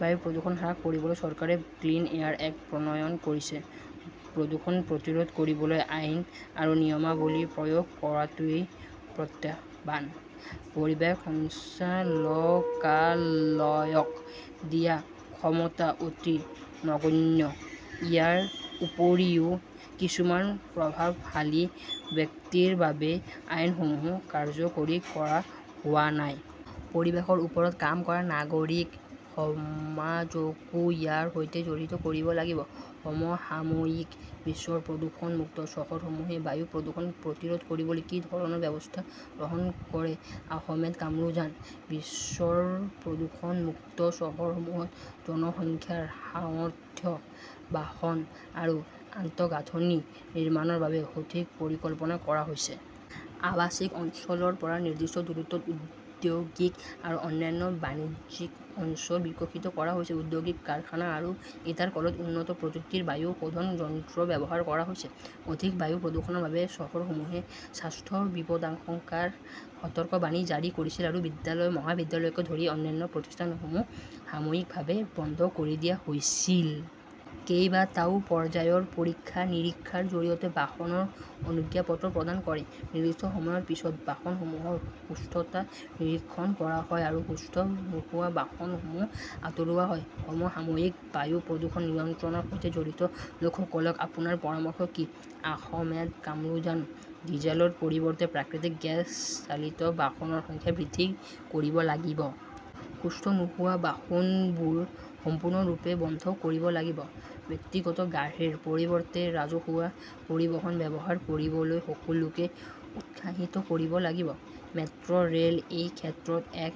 বায়ু প্ৰদূষণ হ্ৰাস কৰিবলৈ চৰকাৰে 'ক্লিন এয়াৰ এক্ট প্ৰণয়ন কৰিছে। প্ৰদূষণ প্ৰতিৰোধ কৰিবলৈ আইন আৰু নিয়মাৱলী প্ৰয়োগ কৰাটোৱেই প্ৰত্যাহ্বান। পৰিৱেশ সঞ্চালকালয়ক দিয়া ক্ষমতা অতি নগণ্য। ইয়াৰ উপৰিও কিছুমান প্ৰভাৱশালী ব্যক্তিৰ বাবে আইনসমূহ কাৰ্যকৰী কৰা হোৱা নাই। পৰিৱেশৰ ওপৰত কাম কৰা নাগৰিক সমাজকো ইয়াৰ সৈতে জড়িত কৰিব লাগিব। সমসাময়িকঃ বিশ্বৰ প্ৰদূষণমুক্ত চহৰসমূহে বায়ু প্ৰদূষণ প্ৰতিৰোধ কৰিবলৈ কি ধৰণৰ ব্যৱস্থা গ্ৰহণ কৰে আহমেদ কামৰুজানঃ বিশ্বৰ প্ৰদূষণমুক্ত চহৰসমূহত জনসংখ্যাৰ সামৰ্থ্য, বাহন আৰু আন্তঃগাঁথনি নিৰ্মাণৰ বাবে সঠিক পৰিকল্পনা কৰা হৈছে। আৱাসিক অঞ্চলৰ পৰা নিৰ্দিষ্ট দূৰত্বত ঔদ্যোগিক আৰু অন্যান্য বাণিজ্যিক অঞ্চল বিকশিত কৰা হৈছে। ঔদ্যোগিক কাৰখানা আৰু ইটাৰ কলত উন্নত প্ৰযুক্তিৰ বায়ু শোধন যন্ত্ৰ ব্যৱহাৰ কৰা হৈছে। অধিক বায়ু প্ৰদূষণৰ বাবে চহৰসমূহে স্বাস্থ্য বিপদাশংকাৰ সতৰ্কবাণী জাৰি কৰিছে আৰু বিদ্যালয়-মহাবিদ্যালয়কে ধৰি অন্যান্য প্ৰতিষ্ঠানসমূহ সাময়িকভাৱে বন্ধ কৰি দিয়া হৈছিল। কেইবাটাও পৰ্যায়ৰ পৰীক্ষা-নিৰীক্ষাৰ জৰিয়তে বাহনৰ অনুজ্ঞাপত্ৰ প্ৰদান কৰে। নিৰ্দিষ্ট সময়ৰ পিছত বাহনসমূহৰ সুস্থতা নিৰীক্ষণ কৰা হয় আৰু সুস্থ নোহোৱা বাহনসমূহ আঁতৰোৱা হয়। সমসাময়িকঃ বায়ু প্ৰদূষণ নিয়ন্ত্ৰণৰ সৈতে জড়িত লোকসকলক আপোনাৰ পৰামৰ্শ কি আসমেদ কামৰুজানঃ ডিজেলৰ পৰিৱৰ্তে প্ৰাকৃতিক গেছ চালিত বাহনৰ সংখ্যা বৃদ্ধি কৰিব লাগিব। সুস্থ নোহোৱা বাহনবোৰ সম্পূৰ্ণৰূপে বন্ধ কৰিব লাগিব। ব্যক্তিগত গাড়ীৰ পৰিৱৰ্তে ৰাজহুৱা পৰিবহণ ব্যৱহাৰ কৰিবলৈ সকলোকে উৎসাহিত কৰিব লাগিব। মেট্ৰ ৰেল এই ক্ষেত্ৰত এক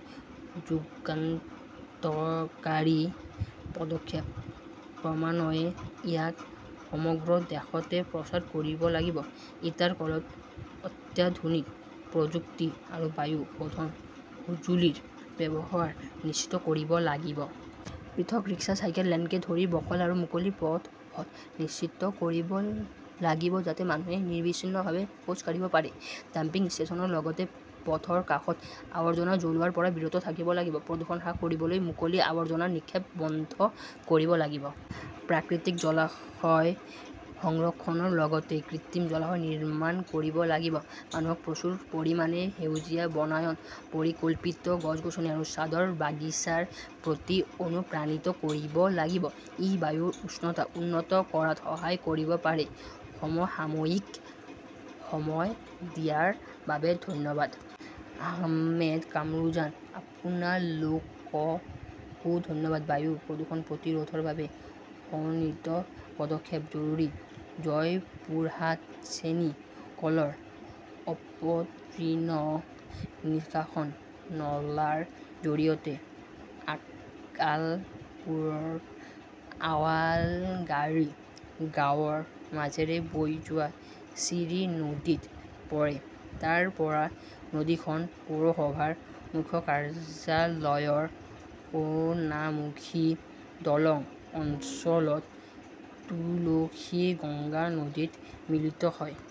যুগান্তকাৰী পদক্ষেপ। ক্ৰমান্বয়ে ইয়াক সমগ্ৰ দেশতে প্ৰচাৰ কৰিব লাগিব। ইটাৰ কলত অত্যাধুনিক প্ৰযুক্তি আৰু বায়ু শোধন সঁজুলিৰ ব্যৱহাৰ নিশ্চিত কৰিব লাগিব। পৃথক ৰিক্সা, চাইকেল লেনকে ধৰি বহল আৰু মুকলি পদ হত নিশ্চিত কৰিব লাগিব যাতে মানুহে নিৰবিচ্ছিন্নভাৱে খোজ কাঢ়িব পাৰে। ডাম্পিং ষ্টেচনৰ লগতে পথৰ কাষত আৱৰ্জনা জ্বলোৱাৰ পৰা বিৰত থাকিব লাগিব। প্ৰদূষণ হ্ৰাস কৰিবলৈ মুকলি আৱৰ্জনা নিক্ষেপ বন্ধ কৰিব লাগিব। প্ৰাকৃতিক জলাশয় সংৰক্ষণৰ লগতে কৃত্ৰিম জলাশয় নিৰ্মাণ কৰিব লাগিব। মানুহক প্ৰচুৰ পৰিমাণে সেউজীয়া বনায়ন, পৰিকল্পিত গছ-গছনি আৰু ছাদৰ বাগিচাৰ প্ৰতি অনুপ্ৰাণিত কৰিব লাগিব। ই বায়ুৰ উষ্ণতা উন্নত কৰাত সহায় কৰিব পাৰে। সমসাময়িকঃ সময় দিয়াৰ বাবে ধন্যবাদ। আহমেদ কামৰুজানঃ আপোনালোককো ধন্যবাদ। বায়ু প্ৰদূষণ প্ৰতিৰোধৰ বাবে সঙন্বিত পদক্ষেপ জৰুৰী জয়পুৰহাট চেনি কলৰ অপতৃণ নিষ্কাশন নলাৰ জৰিয়তে আক্কালপুৰৰ আৱালগাড়ী গাঁৱৰ মাজেৰে বৈ যোৱা চিৰি নদীত পৰে। তাৰ পৰা নদীখন পৌৰসভাৰ মুখ্য কাৰ্যালয়ৰ সোনামুখী দলং অঞ্চলত তুলসীগঙ্গা নদীত মিলিত হয়।